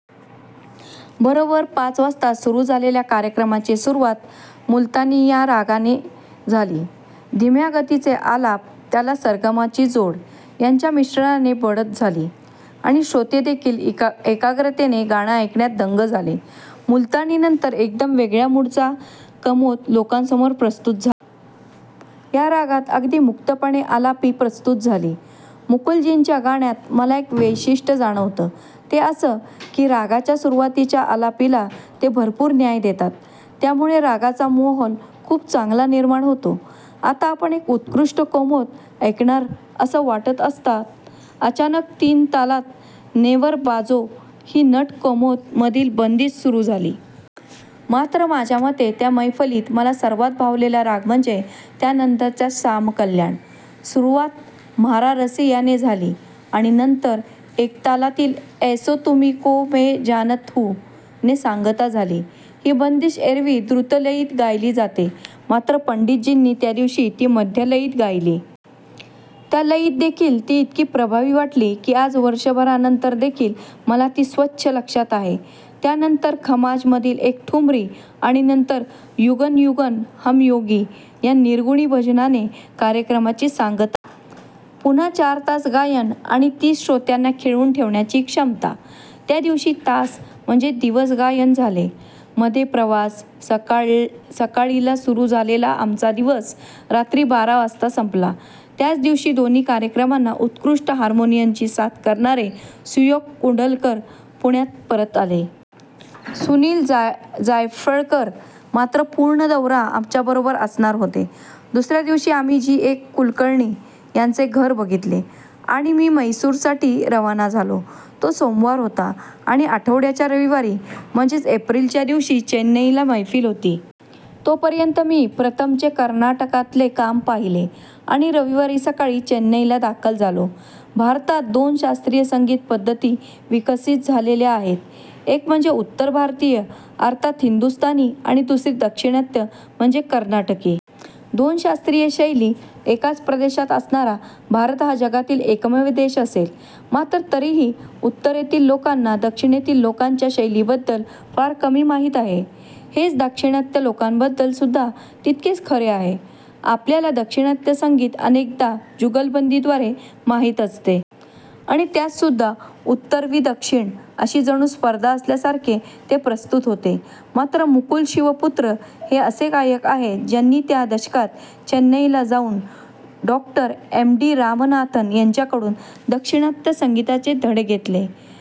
बरोबर पाच वाजता सुरु झालेल्या कार्यक्रमाची सुरुवात मुलतानी या रागाने झाली. धीम्या गतीचे आलाप, त्याला सरगमची जोड याच्या मिश्रणाने बढत झाली आणि श्रोते देखील एकाग्रतेने गाणं ऐकण्यात दंग झाले. मुलतानी नंतर एकदम वेगळ्या 'मूड'चा 'कामोद' लोकांसमोर प्रस्तुत झाला. या रागात अगदी मुक्तपणे आलापी प्रस्तुत झाली. मुकुलजींच्या गाण्यात मला एक वैशिष्ट्य जाणवतं ते असं की रागाच्या सुरुवातीच्या आलापीला ते भरपूर न्याय देतात. त्यामुळे रागाचा माहोल खूप चांगला निर्माण होतो. आता आपण एक उत्कृष्ट कामोद ऐकणार असं वाटत असता अचानक तीनतालात 'नेवर बाजो' ही नट कामोद मधील बंदिश सुरु झाली. मात्र माझ्यामते त्या मैफलीत मला सर्वात भावलेला राग म्हणजे त्या नंतरचा 'शाम-कल्याण. ' सुरुवात 'म्हारा रसिया' ने झाली आणि नंतर एकतालातील 'ऐसो तुमी को मै जानत हूँ' ने सांगता झाली. ही बंदिश एरवी द्रुत लयीत गायली जाते मात्र पंडितजींनी त्यादिवशी ती मध्यलयीत गायली. त्या लयीत देखील ती इतकी प्रभावी वाटली की आज वर्षभरा नंतर देखील मला ती स्वच्छ लक्षात आहे. त्या नंतर खमाज मधील एक ठुमरी आणि नंतर 'युगन युगन हम योगी' या निर्गुणी भजनाने कार्यक्रमाची सांगता झाली. पुन्हा चार तास गायन आणि तीच श्रोत्यांना खिळवून ठेवण्याची क्षमता. त्या दिवशी तास, म्हणजे दिवस गायन झाले. मध्ये प्रवास. सकाळी ला सुरु झालेला आमचा दिवस रात्री बारा वाजता संपला. त्याच दिवशी दोन्ही कार्यक्रमांना उत्कृष्ट हार्मोनियम साथ करणारे सुयोग कुंडलकर पुण्याला परत आले. सुनील जायफळकर मात्र पूर्ण दौरा आमच्या बरोबर असणार होते. दुसऱ्या दिवशी आम्ही जी. ए कुलकर्णी यांचे घर बघितले आणि मी मैसूरसाठी रवाना झालो. तो सोमवार होता आणि आठवड्याच्या रविवारी म्हणजेच एप्रिल या दिवशी चेन्नईला मैफल होती. तो पर्यंत मी 'प्रथम' चे कर्नाटकातले काम पाहिले आणि रविवारी सकाळी चेन्नईला दाखल झालो. भारतात दोन शास्त्रीय संगीत पद्धती विकसित झाल्या आहेत एक म्हणजे उत्तर भारतीय, अर्थात हिंदुस्थानी आणि दुसरी दाक्षिणात्य म्हणजे कर्नाटिक. दोन शास्त्रीय शैली एकाच प्रदेशात असणारा भारत हा जगातील एकमेव देश असेल. मात्र तरीही उत्तरेतील लोकांना दक्षिणेतील लोकांच्या शैलीबद्दल फार कमी माहिती आहे. हेच दाक्षिणात्य लोकांबद्दल सुद्धा तितकंच खरं आहे. आपल्याला दाक्षिणात्य संगीत अनेकदा जुगलबंदी द्वारे माहिती असते. आणि त्यात सुद्धा 'उत्तर वि दक्षिण' अशी जणू स्पर्धा असल्यासारखे ते प्रस्तुत होते. मात्र मुकुल शिवपुत्र हे असे गायक आहेत ज्यांनी च्या दशकात चेन्नईला जाऊन डॉ. एम डी रामनाथन यांच्याकडून दाक्षिणात्य संगीताचे धडे घेतले. त्यांच्या